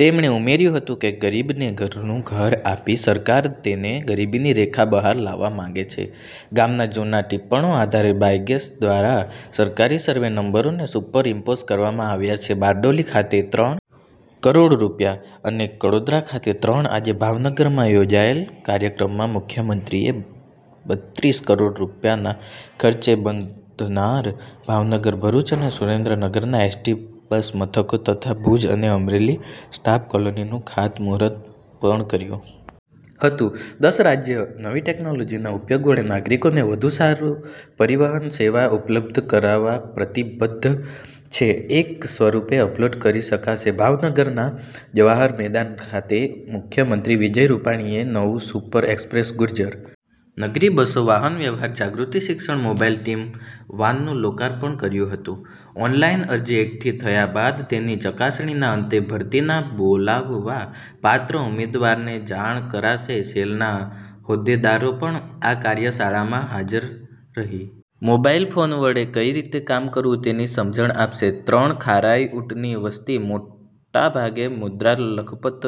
તેમણે ઉમેર્યું હતું કે ગરીબને ઘરનું ઘર આપી સરકાર તેને ગરીબીની રેખા બહાર લાવવા માંગે છે ગામના જુના ટિપ્પણો આધારે બાયસેગ દ્વારા સરકારી સરવે નંબરોને સુપર ઇમ્પોઝ કરવામાં આવ્યા છે બારડોલી ખાતે ત્રણ કરોડ રૂપિયા અને કડોદરા ખાતે ત્રણ આજે ભાવનગરમાં યોજાયેલા કાર્યક્રમમાં મુખ્યમંત્રીએ બત્રીસ કરોડ રૂપિયાના ખર્ચે બંધનાર ભાવનગર ભરૂચ અને સુરેન્દ્રનગરના એસટી બસ મથકો તથા ભુજ અને અમરેલી સ્ટાફ કોલોનીનું ખાત મુહૂર્ત પણ કર્યું હતું દસ રાજ્ય સરકાર નવી ટેકનોલોજીના ઉપયોગ વડે નાગરિકોને વધુ સારી પરિવહન સેવા ઉપલબ્ધ કરાવવા પ્રતિબધ્ધ છે એફ સ્વરૂપે અપલોડ કરી શકાશે ભાવનગરના જવાહર મેદાન ખાતે મુખ્યમંત્રી વિજય રૂપાણીએ નવી સુપર એક્સપ્રેસ ગુર્જર નગરી બસો વાહન વ્યવહાર જાગૃતિ શિક્ષણ મોબાઈલ ટીમ વાનનું લોકાર્પણ કર્યું હતું ઓનલાઇન અરજી એકઠી થયા બાદ તેની ચકાસણીના અંતે ભરતીમાં બોલાવવા પાત્ર ઉમેદવારને જાણ કરાશે સેલના હોદ્દેદારો પણ આ કાર્યશાળામાં હાજર રહી મોબાઇલ ફોન વડે કઈ રીતે કામ કરવું તેની સમજણ આપશે ત્રણ ખારાઈ ઊંટની વસતિ મોટાભાગે મુંદ્રા લખપત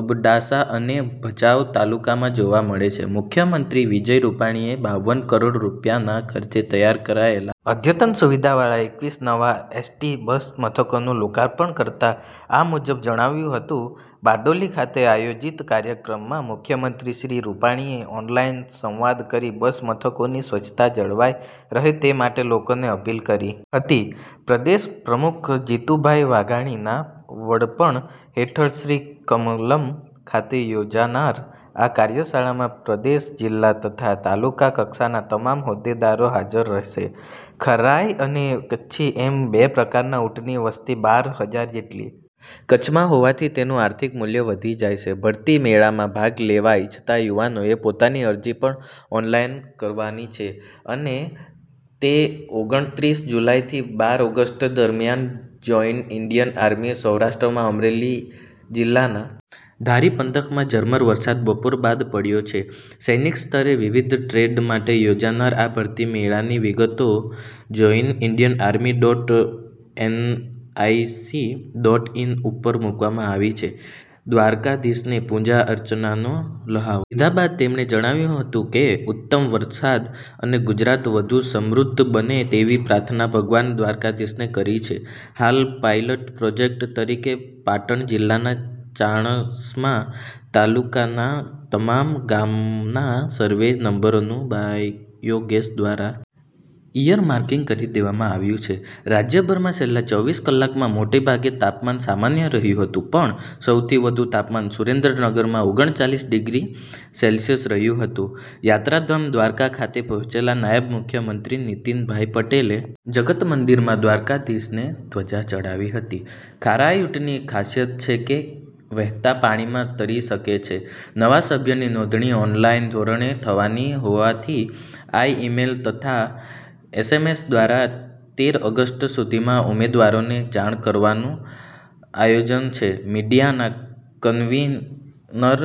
અબડાસા અને ભચાઉ તાલુકામાં જોવા મળે છે મુખ્યમંત્રી વિજય રૂપાણીએ બાવન કરોડ રૂપિયાના ખર્ચે તૈયાર કરાયેલા અદ્યતન સુવિધાવાળા એકવીસ નવા એસટી બસ મથકોનું લોકાર્પણ કરતાં આ મુજબ જણાવ્યું હતું બારડોલી ખાતે આયોજિત કાર્યક્રમમાં મુખ્યમંત્રી શ્રી રૂપાણીએ ઓનલાઇન સંવાદ કરી બસ મથકોની સ્વચ્છતા જળવાઈ રહે તે માટે લોકોને અપીલ કરી હતી પ્રદેશ પ્રમુખ જીતુભાઈ વાઘાણીના વડપણ હેઠળ શ્રી કમલમ ખાતે યોજાનાર આ કાર્યશાળામાં પ્રદેશ જિલ્લા તથા તાલુકા કક્ષાના તમામ હોદ્દેદાર હાજર રહેશે ખારાઈ અને કચ્છી એમ બે પ્રકારના ઊંટની વસતિ બાર હજાર જેટલી કચ્છમાં હોવાથી તેનું આર્થિક મૂલ્ય વધી જાય છે ભરતી મેળામાં ભાગ લેવા ઇચ્છતા યુવાનોએ પોતાની અરજી પણ ઓનલાઇન કરવાની છે અને તે ઓગણત્રીસ જુલાઈથી બાર ઓગસ્ટ દરમિયાન જોઇન ઇન્ડિયન આર્મી સૌરાષ્ટ્રમાં અમરેલી જિલ્લાના ધારી પંથકમાં ઝરમર વરસાદ બપોર બાદ પડ્યો છે સૈનિક સ્તરે વિવિધ ટ્રેડ માટે યોજાનાર આ ભરતી મેળાની વિગતો join Indian army dot NIC dot in ઉપર મૂકવામાં આવી છે દ્વારકાધીશને પૂજા અર્ચનાનો લહાવો લીધા બાદ તેમણે જણાવ્યું હતું કે ઉત્તમ વરસાદ અને ગુજરાત વધુ સમૃધ્ધ બને તેવી પ્રાર્થના ભગવાન દ્વારકાધીશને કરી છે હાલ પાઇલટ પ્રોજેક્ટ તરીકે પાટણ જિલ્લાના ચાણસ્મા તાલુકાના તમામ ગામના સરવે નંબરોનું બાયોગેસ દ્વારા ઇયર માર્કીગ કરી દેવામાં આવ્યું છે રાજ્યભરમાં છેલ્લા ચોવીસ કલાકમાં મોટેભાગે તાપમાન સામાન્ય રહ્યું હતું પણ સૌથી વધુ તાપમાન સુરેન્દ્રનગરમાં ઓગણચાલીસ ડિગ્રી સેલ્સીયસ રહ્યું હતું યાત્રાધામ દ્વારકા ખાતે પહોંચેલા નાયબ મુખ્યમંત્રી નીતિનભાઈ પટેલે જગત મંદિરમાં દ્વારકાધીશને ધ્વજા ચઢાવી હતી ખારાઇ ઊંટની ખાસિયત છે કે વહેતા પાણીમાં તરી શકે છે નવા સભ્યની નોંધણી ઓનલાઇન ધોરણે થવાની હોવાથી આઈ ઇમેલ તથા એસએમએસ દ્વારા તેર ઓગસ્ટ સુધીમાં ઉમેદવારોને જાણ કરવાનું આયોજન છે મીડિયા કિન્વનર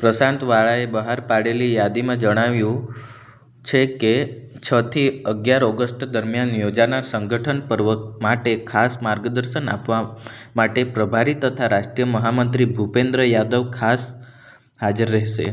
પ્રશાંત વાળાએ બહાર પાડેલી યાદીમાં જણાવાયું છે કે છ થી અગિયાર ઓગસ્ટ દરમિયાન યોજાનાર સંગઠન પર્વ માટે ખાસ માર્ગદર્શન આપવા માટે પ્રભારી તથા રાષ્ટ્રીય મહામંત્રી ભુપેન્દ્ર યાદવ ખાસ હાજર રહેશે।